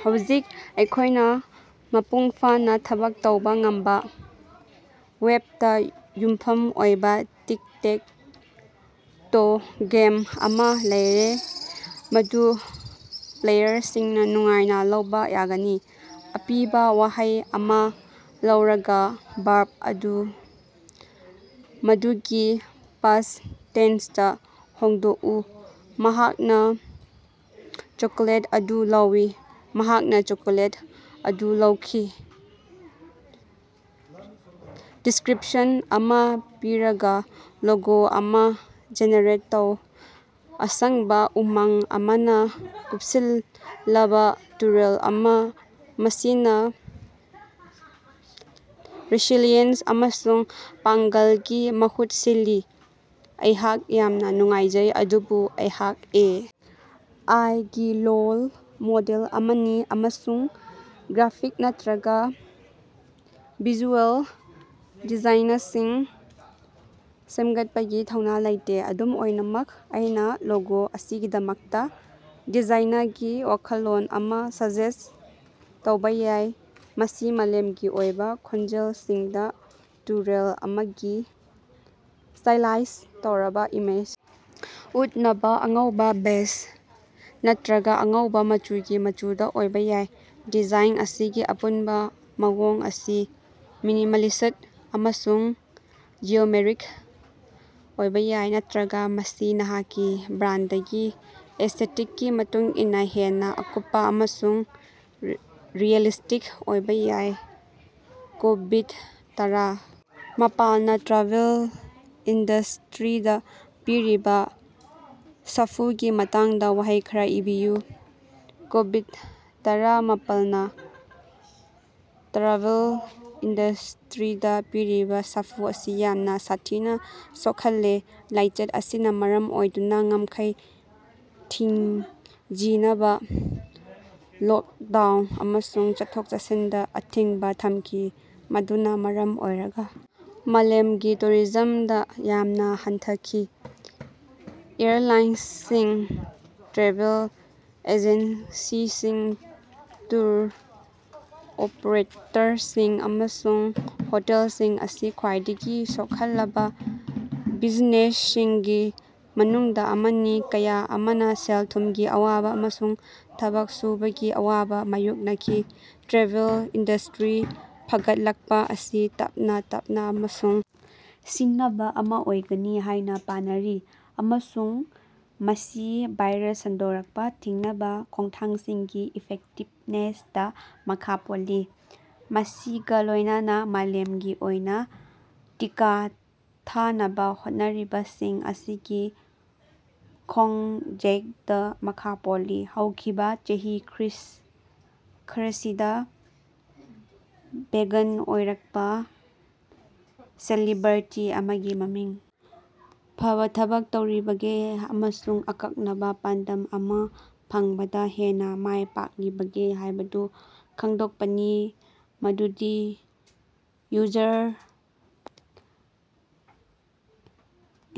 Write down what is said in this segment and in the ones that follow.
ꯍꯧꯖꯤꯛ ꯑꯩꯈꯣꯏꯅ ꯃꯄꯨꯡ ꯐꯥꯅꯥ ꯊꯕꯛ ꯇꯧꯕ ꯉꯝꯕ ꯋꯦꯕꯇ ꯌꯨꯝꯐꯝ ꯑꯣꯏꯕꯥ ꯇꯤꯛ-ꯇꯦꯛ-ꯇꯣ ꯒꯦꯝ ꯑꯃ ꯂꯩꯔꯦ, ꯃꯗꯨ ꯄ꯭ꯂꯦꯌꯔꯁꯤꯡꯅ ꯅꯨꯡꯉꯥꯏꯅ ꯂꯧꯕ ꯌꯥꯒꯅꯤ꯫। ꯑꯄꯤꯕ ꯋꯥꯍꯩ ꯑꯃꯥ ꯂꯧꯔꯒꯥ ꯕꯔꯕ ꯑꯗꯨ ꯃꯗꯨꯒꯤ ꯄꯥꯁꯠ ꯇꯦꯟꯁꯇ ꯍꯣꯡꯗꯣꯛꯎ꯫ ꯃꯍꯥꯛꯅ ꯆꯣꯀꯣꯂꯦꯠ ꯑꯗꯨ ꯂꯧꯏ꯫ ꯃꯍꯥꯛꯅ ꯆꯣꯀꯣꯂꯦꯠ ꯑꯗꯨ ꯂꯧꯈꯤ꯫ ꯗꯤꯁ꯭ꯀꯔꯤꯄꯁꯟ ꯑꯃ ꯄꯤꯔꯒꯥ, ꯂꯣꯒꯣ ꯑꯃ ꯖꯦꯅꯦꯔꯦꯠ ꯇꯧ꯫ ꯑꯁꯪꯕꯥ ꯎꯃꯪ ꯑꯃꯅ ꯀꯨꯞꯁꯤꯜꯂꯕ ꯇꯨꯔꯦꯜ ꯑꯃ, ꯃꯁꯤꯅꯥ ꯔꯦꯁꯤꯂꯤꯌꯦꯟꯁ ꯑꯃꯁꯨꯡ ꯄꯥꯡꯒꯜꯒꯤ ꯃꯍꯨꯠ ꯁꯤꯜꯂꯤ꯫ ꯑꯩꯍꯥꯛ ꯌꯥꯝꯅꯥ ꯅꯨꯡꯉꯥꯏꯖꯩ, ꯑꯗꯨꯕꯨ ꯑꯩꯍꯥꯛ ꯑꯦ. ꯑꯥꯏ. ꯒꯤ ꯂꯣꯜ ꯃꯣꯗꯦꯜ ꯑꯃꯅꯤ ꯑꯃꯁꯨꯡ ꯒ꯭ꯔꯥꯐꯤꯛ ꯅꯠꯔꯒꯥ ꯚꯤꯖꯨꯑꯦꯜ ꯗꯤꯖꯥꯏꯅꯁꯤꯡ ꯁꯦꯝꯒꯠꯄꯒꯤ ꯊꯧꯅꯥ ꯂꯩꯇꯦ꯫ ꯑꯗꯨꯝ ꯑꯣꯏꯅꯃꯛ, ꯑꯩꯅꯥ ꯂꯣꯒꯣ ꯑꯁꯤꯒꯤꯗꯃꯛꯇꯥ ꯗꯤꯖꯥꯏꯅꯒꯤ ꯋꯥꯈꯜꯂꯣꯟ ꯑꯃꯥ ꯁꯖꯦꯁꯠ ꯇꯧꯕꯥ ꯌꯥꯏ: ꯃꯁꯤ ꯃꯥꯂꯦꯝꯒꯤ ꯑꯣꯏꯕꯥ ꯈꯣꯟꯖꯦꯜꯁꯤꯡꯗꯥ ꯇꯨꯔꯦꯜ ꯑꯃꯒꯤ ꯁ꯭ꯇꯥꯏꯂꯥꯏꯖ ꯇꯧꯔꯕꯥ ꯏꯃꯦꯖ ꯎꯠꯅꯕꯥ ꯑꯉꯧꯕꯥ, ꯕꯦꯖ ꯅꯠꯇꯔꯒꯥ ꯑꯉꯧꯕꯥ ꯃꯆꯨꯒꯤ ꯃꯆꯨꯗꯥ ꯑꯣꯏꯕꯥ ꯌꯥꯏ꯫ ꯗꯤꯖꯥꯏꯟ ꯑꯁꯤꯒꯤ ꯑꯄꯨꯟꯕ ꯃꯑꯣꯡ ꯑꯁꯤ ꯃꯤꯅꯤꯃꯥꯂꯤꯁꯠ ꯑꯃꯁꯨꯡ ꯖꯤꯑꯣꯃꯦꯠꯔꯤꯛ ꯑꯣꯏꯕꯥ ꯌꯥꯏ, ꯅꯠꯇꯔꯒꯥ ꯃꯁꯤ ꯅꯍꯥꯛꯀꯤ ꯕ꯭ꯔꯥꯟꯗꯒꯤ ꯑꯦꯁꯇꯦꯇꯤꯛꯀꯤ ꯃꯇꯨꯡ ꯏꯟꯅꯥ ꯍꯦꯟꯅꯥ ꯑꯀꯨꯞꯄꯥ ꯑꯃꯁꯨꯡ ꯔꯤꯑꯦꯂꯤꯁꯇꯤꯛ ꯑꯣꯏꯕꯥ ꯌꯥꯏ꯫ ꯀꯣꯕꯤꯗ-ꯇꯔꯥ ꯃꯥꯄꯜꯅꯥ ꯇ꯭ꯔꯦꯚꯦꯜ ꯏꯟꯗꯁꯇꯔꯤꯗꯥ ꯄꯤꯔꯤꯕꯥ ꯁꯥꯐꯨꯒꯤ ꯃꯇꯥꯡꯗꯥ ꯋꯥꯍꯩ ꯈꯔꯥ ꯏꯕꯤꯌꯨ꯫ ꯀꯣꯕꯤꯗ-ꯇꯔꯥ ꯃꯥꯄꯜꯅ ꯇ꯭ꯔꯥꯚꯦꯜ ꯏꯟꯗꯁꯇꯔꯤꯗꯥ ꯄꯤꯔꯤꯕꯥ ꯁꯥꯐꯨ ꯑꯁꯤ ꯌꯥꯝꯅ ꯁꯥꯊꯤꯅ ꯁꯣꯛꯍꯜꯂꯦ꯫ ꯂꯥꯏꯆꯠ ꯑꯁꯤꯅꯥ ꯃꯔꯝ ꯑꯣꯏꯗꯨꯅꯥ ꯉꯝꯈꯩ ꯊꯤꯡꯖꯤꯅꯕꯥ, ꯂꯣꯛꯗꯥꯎꯟ, ꯑꯃꯁꯨꯡ ꯆꯠꯊꯣꯛ-ꯆꯠꯁꯤꯟꯗꯥ ꯑꯊꯤꯡꯕꯥ ꯊꯝꯈꯤ, ꯃꯗꯨꯅꯥ ꯃꯔꯝ ꯑꯣꯏꯔꯒꯥ ꯃꯥꯂꯦꯃꯒꯤ ꯇꯨꯔꯤꯖꯃꯗꯥ ꯌꯥꯝꯅꯥ ꯍꯟꯊꯈꯤ꯫ ꯑꯦꯌꯔꯂꯥꯏꯅꯁꯤꯡ, ꯇ꯭ꯔꯦꯚꯦꯜ ꯑꯦꯖꯦꯟꯁꯤꯁꯤꯡ, ꯇꯨꯔ ꯑꯣꯄꯔꯦꯇꯔꯁꯤꯡ, ꯑꯃꯁꯨꯡ ꯍꯣꯇꯦꯜꯁꯤꯡ ꯑꯁꯤ ꯈ꯭ꯋꯥꯏꯗꯒꯤ ꯁꯣꯛꯍꯜꯂꯕꯥ ꯕꯤꯖꯤꯅꯦꯁꯁꯤꯡꯒꯤ ꯃꯅꯨꯡꯗꯥ ꯑꯃꯅꯤ, ꯀꯌꯥ ꯑꯃꯅꯥ ꯁꯦꯜ-ꯊꯨꯝꯒꯤ ꯑꯋꯥꯕꯥ ꯑꯃꯁꯨꯡ ꯊꯕꯛ ꯁꯨꯕꯒꯤ ꯑꯋꯥꯕꯥ ꯃꯥꯌꯣꯛꯅꯈꯤ꯫ ꯇ꯭ꯔꯦꯚꯦꯜ ꯏꯟꯗꯁꯇꯔꯤ ꯐꯒꯠꯂꯛꯄꯥ ꯑꯁꯤ ꯇꯞꯅꯥ ꯇꯞꯅꯥ ꯑꯃꯁꯨꯡ ꯁꯤꯡꯅꯕꯥ ꯑꯃꯥ ꯑꯣꯏꯒꯅꯤ ꯍꯥꯏꯅꯥ ꯄꯥꯅꯔꯤ ꯑꯃꯁꯨꯡ ꯃꯁꯤ ꯚꯥꯏꯔꯁ ꯁꯟꯗꯣꯔꯛꯄꯥ ꯊꯤꯡꯅꯕꯥ ꯈꯣꯡꯊꯥꯡꯁꯤꯡꯒꯤ ꯏꯐꯦꯛꯇꯤꯕꯅꯦꯁꯇꯥ ꯃꯈꯥ ꯄꯣꯜꯂꯤ, ꯃꯁꯤꯒꯥ ꯂꯣꯏꯅꯅ ꯃꯥꯂꯦꯝꯒꯤ ꯑꯣꯏꯅꯥ ꯇꯤꯀꯥ ꯊꯥꯅꯕꯥ ꯍꯣꯠꯅꯔꯤꯕꯁꯤꯡ ꯑꯁꯤꯒꯤ ꯈꯣꯡꯖꯦꯂꯗꯥ ꯃꯈꯥ ꯄꯣꯜꯂꯤ꯫ ꯍꯧꯈꯤꯕꯥ ꯆꯍꯤ ꯈꯔꯁꯤꯗꯥ ꯚꯦꯒꯥꯟ ꯑꯣꯏꯔꯀꯄꯥ ꯁꯦꯂꯤꯕ꯭ꯔꯦꯇꯤ ꯑꯃꯒꯤ ꯃꯃꯤꯡ ꯐꯕꯥ ꯊꯕꯛ ꯇꯧꯔꯤꯕꯒꯦ ꯑꯃꯁꯨꯡ ꯑꯀꯛꯅꯕꯥ ꯄꯥꯟꯗꯝ ꯑꯃꯥ ꯐꯪꯕꯗꯥ ꯍꯦꯟꯅꯥ ꯃꯥꯏ ꯄꯥꯛꯂꯤꯕꯒꯦ ꯍꯥꯏꯕꯗꯨ ꯈꯪꯗꯣꯛꯄꯅꯤ, ꯃꯗꯨꯗꯤ ꯌꯨꯖꯔ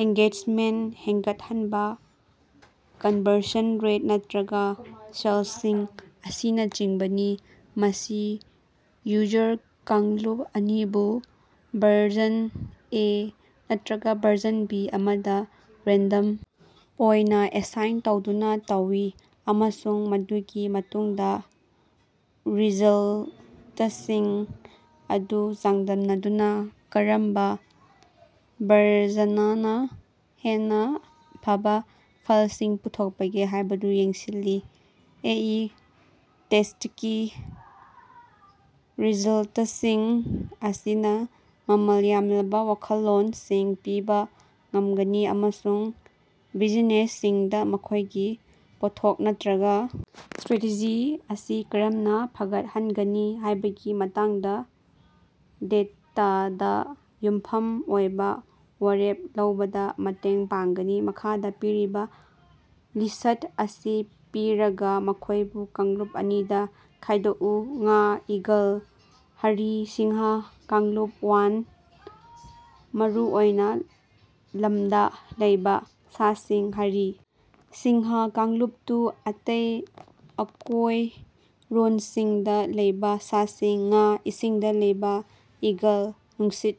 ꯑꯦꯡꯒꯦꯖꯃꯦꯟꯇ ꯍꯦꯟꯒꯠꯍꯟꯕꯥ, ꯀꯟꯕꯔꯁꯟ ꯔꯦꯠ, ꯅꯠꯇꯔꯒꯥ ꯁꯦꯜꯁꯤꯡ ꯑꯁꯤꯅꯆꯤꯡꯕꯅꯤ꯫ ꯃꯁꯤ ꯌꯨꯖꯔ ꯀꯥꯡꯂꯨꯞ ꯑꯅꯤꯕꯨ ꯚꯔꯖꯟ ꯑꯦ ꯅꯠꯇꯔꯒꯥ ꯚꯔꯖꯟ ꯕꯤ ꯑꯃꯗꯥ ꯔꯦꯟꯗꯝ ꯑꯣꯏꯅꯥ ꯑꯦꯁꯥꯏꯟ ꯇꯧꯗꯨꯅꯥ ꯇꯧꯏ, ꯑꯃꯁꯨꯡ ꯃꯗꯨꯒꯤ ꯃꯇꯨꯡꯗꯥ ꯔꯤꯖꯜꯇꯁꯤꯡ ꯑꯗꯨ ꯆꯥꯡꯗꯝꯅꯗꯨꯅꯥ ꯀꯔꯝꯕꯥ ꯚꯔꯖꯅꯅꯥ ꯍꯦꯟꯅꯥ ꯐꯕꯥ ꯐꯜꯁꯤꯡ ꯄꯨꯊꯣꯛꯄꯒꯦ ꯍꯥꯏꯕꯗꯨ ꯌꯦꯡꯁꯤꯜꯂꯤ꯫ ꯑꯦ ꯤ ꯇꯦꯁꯇꯀꯤ ꯔꯤꯖꯜꯇꯁꯤꯡ ꯑꯁꯤꯅꯥ ꯃꯃꯜ ꯌꯥꯝꯂꯕꯥ ꯋꯥꯈꯜꯂꯣꯟꯁꯤꯡ ꯄꯤꯕꯥ ꯉꯝꯒꯅꯤ ꯑꯃꯁꯨꯡ ꯕꯤꯖꯤꯅꯦꯁꯁꯤꯡꯗꯥ ꯃꯈꯣꯏꯒꯤ ꯄꯣꯠꯊꯣꯛ ꯅꯠꯇꯔꯒꯥ ꯁ꯭ꯇꯔꯦꯇꯦꯖꯤ ꯑꯁꯤ ꯀꯔꯝꯅꯥ ꯐꯒꯠꯍꯟꯒꯅꯤ ꯍꯥꯏꯕꯒꯤ ꯃꯇꯥꯡꯗꯥ ꯗꯦꯇꯥꯗꯥ ꯌꯨꯝꯐꯝ ꯑꯣꯏꯕꯥ ꯋꯥꯔꯦꯞ ꯂꯧꯕꯗꯥ ꯃꯇꯦꯡ ꯄꯥꯡꯒꯅꯤ꯫ ꯃꯈꯥꯗꯥ ꯄꯤꯔꯤꯕꯥ ꯂꯤꯁꯠ ꯑꯁꯤ ꯄꯤꯔꯒꯥ, ꯃꯈꯣꯏꯕꯨ ꯀꯥꯡꯂꯨꯞ ꯑꯅꯤꯗꯥ ꯈꯥꯏꯗꯣꯛꯎ꯫ ꯉꯥ, ꯏꯒꯜ, ꯍꯔꯤ, ꯁꯤꯡꯍ꯫ ꯀꯥꯡꯂꯨꯞ ꯋꯥꯟ: ꯃꯔꯨꯑꯣꯏꯅꯥ ꯂꯝꯗꯥ ꯂꯩꯕꯥ ꯁꯥꯁꯤꯡ: ꯍꯔꯤ ꯁꯤꯡꯍ ꯀꯥꯡꯂꯨꯞ ꯇꯨ: ꯑꯇꯩ ꯑꯀꯣꯏꯔꯣꯟꯁꯤꯡꯗꯥ ꯂꯩꯕꯥ ꯁꯥꯁꯤꯡ: ꯉꯥ (ꯏꯁꯤꯡꯗꯥ ꯂꯩꯕꯥ) ꯏꯒꯜ (ꯅꯨꯡꯁꯤꯠ)꯫